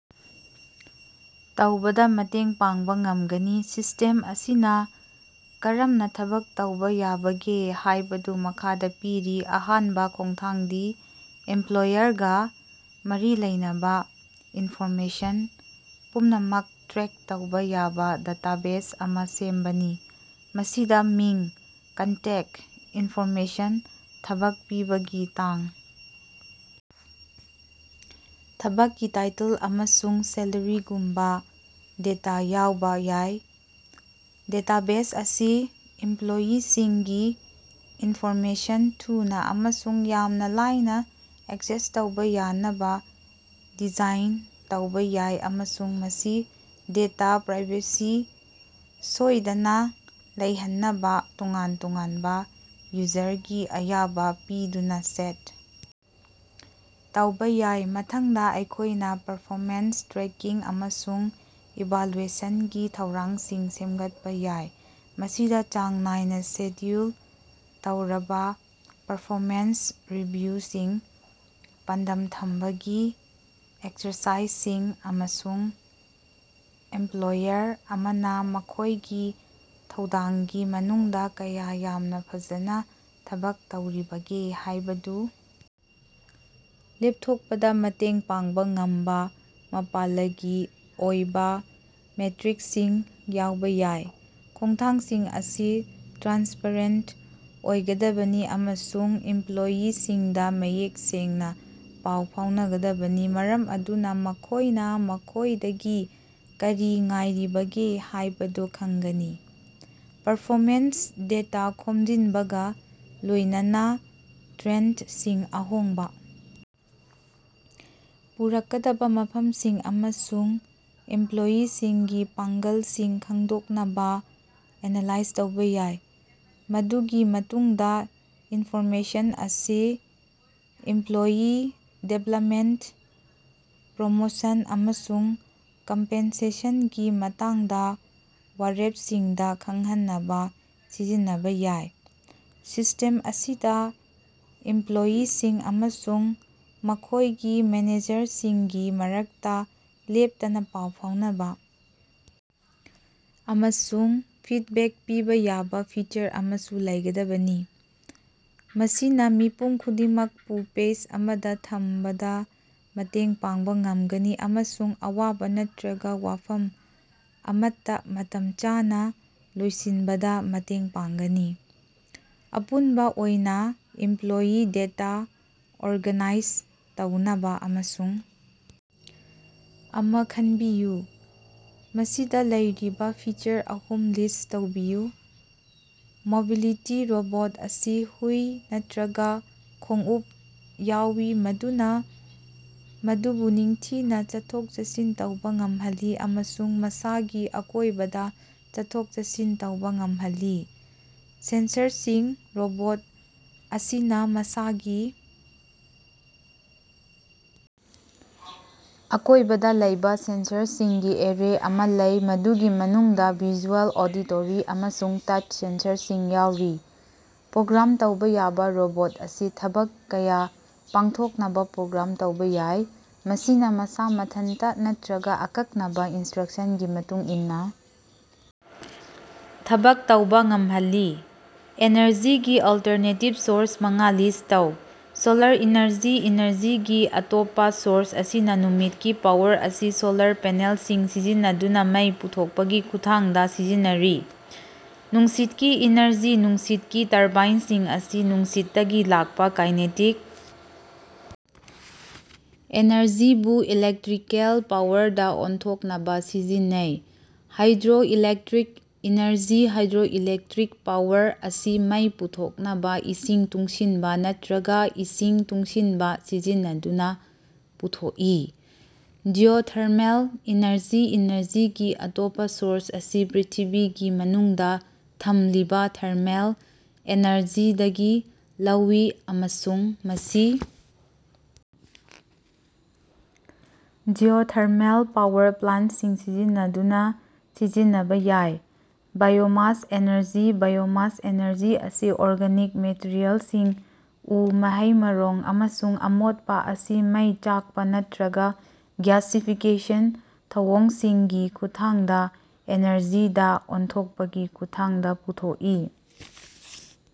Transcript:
ꯇꯧꯕꯗꯥ ꯃꯇꯦꯡ ꯄꯥꯡꯕꯥ ꯉꯝꯒꯅꯤ꯫ ꯁꯤꯁ꯭ꯇꯦꯝ ꯑꯁꯤꯅꯥ ꯀꯔꯝꯅꯥ ꯊꯕꯛ ꯇꯧꯕꯥ ꯌꯥꯕꯒꯦ ꯍꯥꯏꯕꯗꯨ ꯃꯈꯥꯗꯥ ꯄꯤꯔꯤ ꯑꯍꯥꯟꯕꯥ ꯈꯣꯡꯊꯥꯡꯗꯤ ꯑꯦꯝꯄ꯭ꯂꯣꯌꯔꯒꯥ ꯃꯔꯤ ꯂꯩꯅꯕꯥ ꯏꯟꯐꯣꯔꯃꯦꯁꯟ ꯄꯨꯝꯅꯃꯛ ꯁ꯭ꯇꯣꯔ ꯇꯧꯕꯥ ꯌꯥꯕꯥ ꯗꯦꯇꯥꯕꯦꯖ ꯑꯃꯥ ꯁꯦꯝꯕꯅꯤ꯫ ꯃꯁꯤꯗꯥ ꯃꯤꯡ ꯀꯟꯇꯦꯛ ꯏꯟꯐꯣꯔꯃꯦꯁꯟ ꯊꯕꯛ ꯄꯤꯕꯒꯤ ꯇꯥꯡ ꯊꯕꯛꯀꯤ ꯇꯥꯏꯇꯜ ꯑꯃꯁꯨꯡ ꯁꯦꯂꯔꯤꯒꯨꯝꯕꯥ ꯗꯦꯇꯥ ꯌꯥꯎꯕꯥ ꯌꯥꯏ꯫ ꯗꯦꯇꯥꯕꯦꯖ ꯑꯁꯤ ꯏꯝꯄ꯭ꯂꯣꯌꯤꯁꯤꯡꯒꯤ ꯏꯟꯐꯣꯔꯃꯦꯁꯟ ꯊꯨꯅꯥ ꯑꯃꯁꯨꯡ ꯌꯥꯝꯅꯥ ꯂꯥꯏꯅꯥ ꯑꯦꯛꯁꯦꯁ ꯇꯧꯕꯥ ꯌꯥꯅꯕꯥ ꯗꯤꯖꯥꯏꯟ ꯇꯧꯕꯥ ꯌꯥꯏ ꯑꯃꯁꯨꯡ ꯃꯁꯤ ꯗꯦꯇꯥ ꯄ꯭ꯔꯥꯏꯚꯦꯁꯤ ꯁꯣꯏꯗꯅꯥ ꯂꯩꯍꯟꯅꯕꯥ ꯇꯣꯉꯥꯟ ꯇꯣꯉꯥꯟꯕꯥ ꯌꯨꯖꯔꯒꯤ ꯑꯌꯥꯕꯥ ꯄꯤꯗꯨꯅꯥ ꯁꯦꯠ ꯇꯧꯕꯥ ꯌꯥꯏ꯫ ꯃꯊꯪꯗꯥ ꯑꯩꯈꯣꯏꯅꯥ ꯄꯔꯐꯣꯃꯦꯟꯁ ꯇ꯭ꯔꯦꯀꯤꯡ ꯑꯃꯁꯨꯡ ꯏꯚꯥꯂꯨꯑꯦꯁꯟꯒꯤ ꯊꯧꯔꯥꯡꯁꯤꯡ ꯁꯦꯝꯒꯠꯄꯥ ꯌꯥꯏ꯫ ꯃꯁꯤꯗꯥ ꯆꯥꯡ ꯅꯥꯏꯅꯥ ꯁꯦꯗ꯭ꯌꯨꯜ ꯇꯧꯔꯕꯥ ꯄꯔꯐꯣꯃꯦꯟꯁ ꯔꯤꯚꯤꯌꯨꯁꯤꯡ ꯄꯥꯟꯗꯝ ꯊꯝꯕꯒꯤ ꯑꯦꯛꯁꯔꯁꯥꯏꯖꯁꯤꯡ ꯑꯃꯁꯨꯡ ꯑꯦꯝꯄ꯭ꯂꯣꯌꯔ ꯑꯃꯅꯥ ꯃꯈꯣꯏꯒꯤ ꯊꯧꯗꯥꯡꯒꯤ ꯃꯅꯨꯡꯗꯥ ꯀꯌꯥ ꯌꯥꯝꯅꯥ ꯐꯖꯅꯥ ꯊꯕꯛ ꯇꯧꯔꯤꯕꯒꯦ ꯍꯥꯏꯕꯗꯨ ꯂꯦꯞꯊꯣꯛꯄꯗꯥ ꯃꯇꯦꯡ ꯄꯥꯡꯕꯥ ꯉꯝꯕꯥ ꯃꯥꯄꯂꯒꯤ ꯑꯣꯏꯕꯥ ꯃꯦꯇ꯭ꯔꯤꯛꯁꯤꯡ ꯌꯥꯎꯕꯥ ꯌꯥꯏ꯫ ꯈꯣꯡꯊꯥꯡꯁꯤꯡ ꯑꯁꯤ ꯇ꯭ꯔꯥꯟꯁꯄꯔꯦꯟꯠ ꯑꯣꯏꯒꯗꯕꯅꯤ ꯑꯃꯁꯨꯡ ꯏꯝꯄ꯭ꯂꯣꯌꯤꯁꯤꯡꯗꯥ ꯃꯌꯦꯛ ꯁꯦꯡꯅꯥ ꯄꯥꯎ ꯐꯥꯎꯅꯒꯗꯕꯅꯤ ꯃꯔꯝ ꯑꯗꯨꯅꯥ ꯃꯈꯣꯏꯅꯥ ꯃꯈꯣꯏꯗꯒꯤ ꯀꯔꯤ ꯉꯥꯏꯔꯤꯕꯒꯦ ꯍꯥꯏꯕꯗꯨ ꯈꯪꯒꯅꯤ꯫ ꯄꯔꯐꯣꯃꯦꯟꯁ ꯗꯦꯇꯥ ꯈꯣꯝꯖꯤꯟꯕꯒꯥ ꯂꯣꯏꯅꯅꯥ ꯇ꯭ꯔꯦꯟꯗꯁꯤꯡ ꯑꯍꯣꯡꯕꯥ ꯄꯨꯔꯛꯀꯗꯕꯥ ꯃꯐꯝꯁꯤꯡ ꯑꯃꯁꯨꯡ ꯑꯦꯝꯄ꯭ꯂꯣꯌꯤꯁꯤꯡꯒꯤ ꯄꯥꯡꯒꯜꯁꯤꯡ ꯈꯪꯗꯣꯛꯅꯕꯥ ꯑꯦꯅꯥꯂꯥꯏꯖ ꯇꯧꯕꯥ ꯌꯥꯏ꯫ ꯃꯗꯨꯒꯤ ꯃꯇꯨꯡꯗꯥ ꯏꯟꯐꯣꯔꯃꯦꯁꯟ ꯑꯁꯤ ꯏꯝꯄ꯭ꯂꯣꯌꯤ ꯗꯤꯚꯦꯂꯄꯃꯦꯟꯠ ꯄ꯭ꯔꯣꯃꯣꯁꯟ ꯑꯃꯁꯨꯡ ꯀꯝꯄꯦꯟꯁꯦꯁꯟꯒꯤ ꯃꯇꯥꯡꯗꯥ ꯋꯥꯔꯦꯞꯁꯤꯡꯗꯥ ꯈꯪꯍꯟꯅꯕꯥ ꯁꯤꯖꯤꯟꯅꯕꯥ ꯌꯥꯏ꯫ ꯁꯤꯁ꯭ꯇꯦꯝ ꯑꯁꯤꯗꯥ ꯏꯝꯄ꯭ꯂꯣꯌꯤꯁꯤꯡ ꯑꯃꯁꯨꯡ ꯃꯈꯣꯏꯒꯤ ꯃꯦꯅꯦꯖꯔꯁꯤꯡꯒꯤ ꯃꯔꯛꯇꯥ ꯂꯦꯞꯇꯅꯥ ꯄꯥꯎ ꯐꯥꯎꯅꯕꯥ ꯑꯃꯁꯨꯡ ꯐꯤꯗꯕꯦꯛ ꯄꯤꯕꯥ ꯌꯥꯕꯥ ꯐꯤꯆꯔ ꯑꯃꯁꯨ ꯂꯩꯒꯗꯕꯅꯤ꯫ ꯃꯁꯤꯅꯥ ꯃꯤꯄꯨꯝ ꯈꯨꯗꯤꯡꯃꯛꯄꯨ ꯄꯦꯖ ꯑꯃꯗꯥ ꯊꯝꯕꯗꯥ ꯃꯇꯦꯡ ꯄꯥꯡꯕꯥ ꯉꯝꯒꯅꯤ ꯑꯃꯁꯨꯡ ꯑꯋꯥꯕꯥ ꯅꯠꯇ꯭ꯔꯒꯥ ꯋꯥꯐꯝ ꯑꯃꯠꯇꯥ ꯃꯇꯝ ꯆꯥꯅꯥ ꯂꯣꯏꯁꯤꯟꯕꯗꯥ ꯃꯇꯦꯡ ꯄꯥꯡꯒꯅꯤ꯫ ꯑꯄꯨꯟꯕꯥ ꯑꯣꯏꯅ ꯏꯝꯄ꯭ꯂꯣꯌꯤ ꯗꯦꯇꯥ ꯑꯣꯔꯒꯥꯅꯥꯏꯖ ꯇꯧꯅꯕꯥ ꯑꯃꯁꯨꯡ ꯑꯃꯥ ꯈꯟꯕꯤꯌꯨ꯫ ꯃꯁꯤꯗꯥ ꯂꯩꯔꯤꯕꯥ ꯐꯤꯆꯔ ꯑꯍꯨꯝ ꯂꯤꯁ꯭ꯠ ꯇꯧꯕꯤꯌꯨ꯫ ꯃꯣꯕꯤꯂꯤꯇꯤ ꯔꯣꯕꯣꯠ ꯑꯁꯤ ꯍꯨꯏ ꯅꯠꯇ꯭ꯔꯒꯥ ꯈꯣꯡꯎꯞ ꯌꯥꯎꯏ ꯃꯗꯨꯅꯥ ꯃꯗꯨꯕꯨ ꯅꯤꯡꯊꯤꯅꯥ ꯆꯠꯊꯣꯛ ꯆꯠꯁꯤꯟ ꯇꯧꯕꯥ ꯉꯝꯍꯜꯂꯤ ꯑꯃꯁꯨꯡ ꯃꯁꯥꯒꯤ ꯑꯀꯣꯏꯕꯗꯥ ꯆꯠꯊꯣꯛ ꯆꯠꯁꯤꯟ ꯇꯧꯕꯥ ꯉꯝꯍꯜꯂꯤ꯫ ꯁꯦꯟꯁꯔꯁꯤꯡ ꯔꯣꯕꯣꯠ ꯑꯁꯤꯅꯥ ꯃꯁꯥꯒꯤ ꯑꯀꯣꯏꯕꯗꯥ ꯂꯩꯕꯥ ꯁꯦꯟꯁꯔꯁꯤꯡꯒꯤ ꯑꯦꯔꯦ ꯑꯃꯥ ꯂꯩ ꯃꯗꯨꯒꯤ ꯃꯅꯨꯡꯗꯥ ꯚꯤꯖꯨꯑꯦꯜ ꯑꯣꯗꯤꯇꯣꯔꯤ ꯑꯃꯁꯨꯡ ꯇꯆ ꯁꯦꯟꯁꯔꯁꯤꯡ ꯌꯥꯎꯔꯤ꯫ ꯄ꯭ꯔꯣꯒ꯭ꯔꯥꯝ ꯇꯧꯕꯥ ꯌꯥꯕꯥ ꯔꯣꯕꯣꯠ ꯑꯁꯤ ꯊꯕꯛ ꯀꯌꯥ ꯄꯥꯡꯊꯣꯛꯅꯕꯥ ꯄ꯭ꯔꯣꯒ꯭ꯔꯥꯝ ꯇꯧꯕꯥ ꯌꯥꯏ, ꯃꯁꯤꯅꯥ ꯃꯁꯥ ꯃꯊꯟꯇꯥ ꯅꯠꯇ꯭ꯔꯒꯥ ꯑꯀꯛꯅꯕꯥ ꯏꯅꯁ꯭ꯇꯔꯛꯁꯟꯒꯤ ꯃꯇꯨꯡ ꯏꯟꯅꯥ ꯊꯕꯛ ꯇꯧꯕꯥ ꯉꯝꯍꯜꯂꯤ꯫ ꯑꯦꯅꯔꯖꯤꯒꯤ ꯑꯜꯇꯔꯅꯦꯇꯤꯚ ꯁꯣꯔꯁ ꯃꯉꯥ ꯂꯤꯁ꯭ꯠ ꯇꯧ꯫ ꯁꯣꯂꯥꯔ ꯏꯅꯔꯖꯤ ꯏꯅꯔꯖꯤꯒꯤ ꯑꯇꯣꯞꯄꯥ ꯁꯣꯔꯁ ꯑꯁꯤꯅꯥ ꯅꯨꯃꯤꯠꯀꯤ ꯄꯥꯋꯔ ꯑꯁꯤ ꯁꯣꯂꯥꯔ ꯄꯦꯅꯦꯜꯁꯤꯡ ꯁꯤꯖꯤꯟꯅꯗꯨꯅꯥ ꯃꯩ ꯄꯨꯊꯣꯛꯄꯒꯤ ꯈꯨꯠꯊꯥꯡꯗꯥ ꯁꯤꯖꯤꯟꯅꯔꯤ꯫ ꯅꯨꯡꯁꯤꯠꯀꯤ ꯏꯅꯔꯖꯤ ꯅꯨꯡꯁꯤꯠꯀꯤ ꯇꯔꯕꯥꯏꯟꯁꯤꯡ ꯑꯁꯤ ꯅꯨꯡꯁꯤꯠꯇꯒꯤ ꯂꯥꯛꯄꯥ ꯀꯥꯏꯅꯦꯇꯤꯛ ꯑꯦꯅꯔꯖꯤꯕꯨ ꯏꯂꯦꯛꯇ꯭ꯔꯤꯀꯦꯜ ꯄꯥꯋꯔꯗꯥ ꯑꯣꯟꯊꯣꯛꯅꯕꯥ ꯁꯤꯖꯤꯟꯅꯩ꯫ ꯍꯥꯏꯗ꯭ꯔꯣꯏꯂꯦꯛꯇ꯭ꯔꯤꯛ ꯏꯅꯔꯖꯤ ꯍꯥꯏꯗ꯭ꯔꯣꯏꯂꯦꯛꯇ꯭ꯔꯤꯛ ꯄꯥꯋꯔ ꯑꯁꯤ ꯃꯩ ꯄꯨꯊꯣꯛꯅꯕꯥ ꯏꯁꯤꯡ ꯇꯨꯡꯁꯤꯟꯕꯥ ꯅꯠꯇ꯭ꯔꯒꯥ ꯏꯁꯤꯡ ꯇꯨꯡꯁꯤꯅꯕꯥ ꯁꯤꯖꯤꯟꯅꯗꯨꯅꯥ ꯄꯨꯊꯣꯛꯏ꯫ ꯖꯤꯑꯣꯊꯔꯃꯦꯜ ꯏꯅꯔꯖꯤ ꯏꯅꯔꯖꯤꯒꯤ ꯑꯇꯣꯞꯄꯥ ꯁꯣꯔꯁ ꯑꯁꯤ ꯄ꯭ꯔ꯭ꯤꯊꯤꯕꯤꯒꯤ ꯃꯅꯨꯡꯗꯥ ꯊꯝꯂꯤꯕꯥ ꯊꯔꯃꯦꯜ ꯑꯦꯅꯔꯖꯤꯗꯒꯤ ꯂꯧꯏ ꯑꯃꯁꯨꯡ ꯃꯁꯤ ꯖꯤꯑꯣꯊꯔꯃꯦꯜ ꯄꯥꯋꯔ ꯄ꯭ꯂꯥꯟꯠꯁꯤꯡ ꯁꯤꯖꯤꯟꯅꯗꯨꯅꯥ ꯁꯤꯖꯤꯟꯅꯕꯥ ꯌꯥꯏ꯫ ꯕꯥꯏꯑꯣꯃꯥꯁ ꯑꯦꯅꯔꯖꯤ ꯕꯥꯏꯑꯣꯃꯥꯁ ꯑꯦꯅꯔꯖꯤ ꯑꯁꯤ ꯑꯣꯔꯒꯥꯅꯤꯛ ꯃꯦꯇꯔꯤꯑꯦꯜꯁꯤꯡ ꯎ ꯃꯍꯩ ꯃꯔꯣꯡ ꯑꯃꯁꯨꯡ ꯑꯃꯣꯠꯄꯥ ꯑꯁꯤ ꯃꯩ ꯆꯥꯛꯄꯥ ꯅꯠꯇ꯭ꯔꯒꯥ ꯒ꯭ꯌꯥꯁꯤꯐꯤꯀꯦꯁꯟꯒꯨꯝꯕꯥ ꯊꯧꯑꯣꯡꯁꯤꯡꯒꯤ ꯈꯨꯠꯊꯥꯡꯗꯥ ꯑꯦꯅꯔꯖꯤꯗꯥ ꯑꯣꯟꯊꯣꯛꯄꯒꯤ ꯈꯨꯠꯊꯥꯡꯗꯥ ꯄꯨꯊꯣꯛꯏ꯫